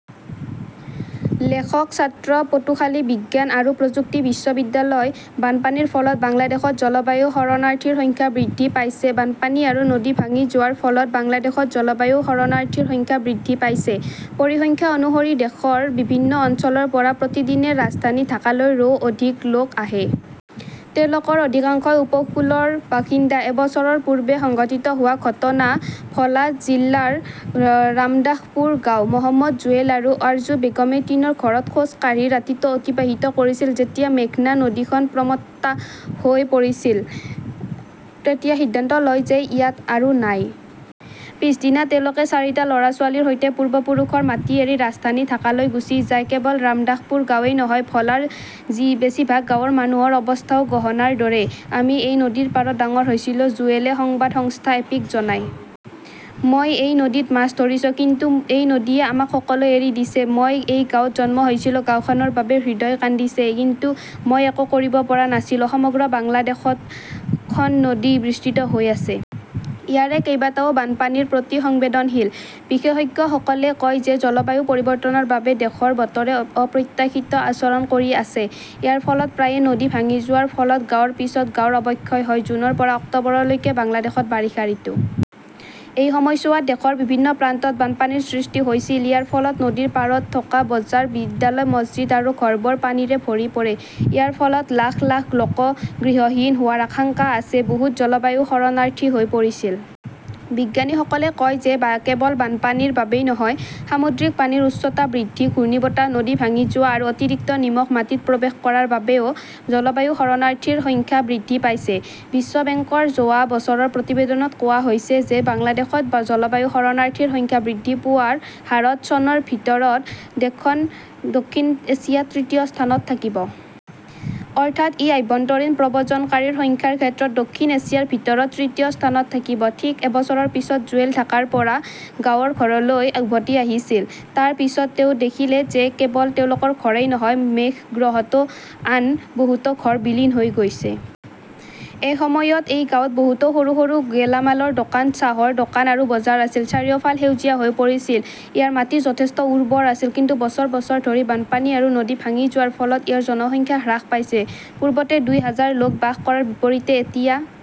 লেখকঃ ছাত্ৰ, পটুখালি বিজ্ঞান আৰু প্ৰযুক্তি বিশ্ববিদ্যালয়। বানপানীৰ ফলত বাংলাদেশত জলবায়ু শৰণাৰ্থীৰ সংখ্যা বৃদ্ধি পাইছে বানপানী আৰু নদী ভাঙি যোৱাৰ ফলত বাংলাদেশত জলবায়ু শৰণাৰ্থীৰ সংখ্যা বৃদ্ধি পাইছে। পৰিসংখ্যা অনুসৰি দেশৰ বিভিন্ন অঞ্চলৰ পৰা প্ৰতিদিনে ৰাজধানী ঢাকালৈ, ৰো অধিক লোক আহে। তেওঁলোকৰ অধিকাংশই উপকূলৰ বাসিন্দা। এবছৰ পূৰ্বে সংঘটিত হোৱা ঘটনা। ভোলা জিলাৰ ৰামদাসপুৰ গাঁও। মহম্মদ জুৱেল আৰু আৰ্জু বেগমে টিনৰ ঘৰত খোজ কাঢ়ি ৰাতিটো অতিবাহিত কৰিছিল যেতিয়া মেঘনা নদীখন প্ৰমট্টা হৈ পৰিছিল। তেতিয়া সিদ্ধান্ত লয় যে ইয়াত আৰু নাই। পিছদিনা তেওঁলোকে চাৰিটা ল "ৰা-ছোৱালীৰ সৈতে পূৰ্বপুৰুষৰ মাটি এৰি ৰাজধানী ঢাকালৈ গুচি যায়। কেৱল ৰামদাসপুৰ গাঁৱেই নহয়, ভোলাৰ বেছিভাগ গাঁৱৰ মানুহৰ অৱস্থাও গহনাৰ দৰে। আমি এই নদীৰ পাৰত ডাঙৰ হৈছিলো ", জুৱেলে সংবাদ সংস্থা এপিক জনায়। মই এই নদীত মাছ ধৰিছো। কিন্তু এই নদীয়ে আমাক সকলো এৰি দিছে। মই এই গাঁৱত জন্ম হৈছিলো। গাওঁখনৰ বাবে হৃদয় কান্দিছে। কিন্তু মই একো কৰিব পৰা নাছিলো। সমগ্ৰ বাংলাদেশত খন নদী বিস্তৃত হৈ আছে। ইয়াৰে কেইবাটাও বানপানীৰ প্ৰতি সংবেদনশীল। বিশেষজ্ঞসকলে কয় যে জলবায়ু পৰিৱৰ্তনৰ বাবে দেশৰ বতৰে অপ্ৰত্যাশিত আচৰণ কৰি আছে। ইয়াৰ ফলত প্ৰায়ে নদী ভাঙি যোৱাৰ ফলত গাঁৱৰ পিছত গাঁৱৰ অৱক্ষয় হয়। জুনৰ পৰা অক্টোবৰলৈকে বাংলাদেশত বাৰিষা ঋতু। এই সময়ছোৱাত দেশৰ বিভিন্ন প্ৰান্তত বানপানীৰ সৃষ্টি হৈছিল। ইয়াৰ ফলত নদীৰ পাৰত থকা বজাৰ, বিদ্যালয়, মছজিদ আৰু ঘৰবোৰ পানীৰে ভৰি পৰে। ইয়াৰ ফলত লাখ লাখ লোক গৃহহীন হোৱাৰ আশংকা আছে। বহুতে 'জলবায়ু শৰণাৰ্থী "হৈ পৰিছিল। বিজ্ঞানীসকলে কয় যে কেৱল বানপানীৰ বাবেই নহয়, সামুদ্ৰিক পানীৰ উচ্চতা বৃদ্ধি, ঘূৰ্ণীবতাহ, নদী ভাঙি যোৱা আৰু অতিৰিক্ত নিমখ মাটিত প্ৰৱেশ কৰাৰ বাবেও জলবায়ু শৰণাৰ্থীৰ সংখ্যা বৃদ্ধি পাইছে। বিশ্ব বেংকৰ যোৱা বছৰৰ প্ৰতিবেদনত কোৱা হৈছে যে বাংলাদেশত জলবায়ু শৰণাৰ্থীৰ সংখ্যা বৃদ্ধি পোৱাৰ হাৰত চনৰ ভিতৰত দেশখন দক্ষিণ এছিয়াত তৃতীয় স্থানত থাকিব। অৰ্থাৎ ই আভ্যন্তৰীণ প্ৰব্ৰজনকাৰীৰ সংখ্যাৰ ক্ষেত্ৰত দক্ষিণ এছিয়াৰ ভিতৰত তৃতীয় স্থানত থাকিব। ঠিক এবছৰৰ পিছত জুৱেল ঢাকাৰ পৰা গাঁৱৰ ঘৰলৈ উভতি আহিছিল। তাৰ পিছত তেওঁ দেখিলে যে কেৱল তেওঁলোকৰ ঘৰেই নহয়, মেঘগ্ৰহতো আন বহুতো ঘৰ বিলীন হৈ গৈছে। এসময়ত এই গাঁৱত বহুতো সৰু সৰু গেলামালৰ দোকান, চাহৰ দোকান আৰু বজাৰ আছিল। চাৰিওফাল সেউজীয়া হৈ পৰিছিল। ইয়াৰ মাটি যথেষ্ট উৰ্বৰ আছিল। কিন্তু বছৰ বছৰ ধৰি বানপানী আৰু নদী ভাঙি যোৱাৰ ফলত ইয়াৰ জনসংখ্যা হ্ৰাস পাইছে। পূৰ্বতে দুই হাজাৰ লোক বাস কৰাৰ বিপৰীতে এতিয়া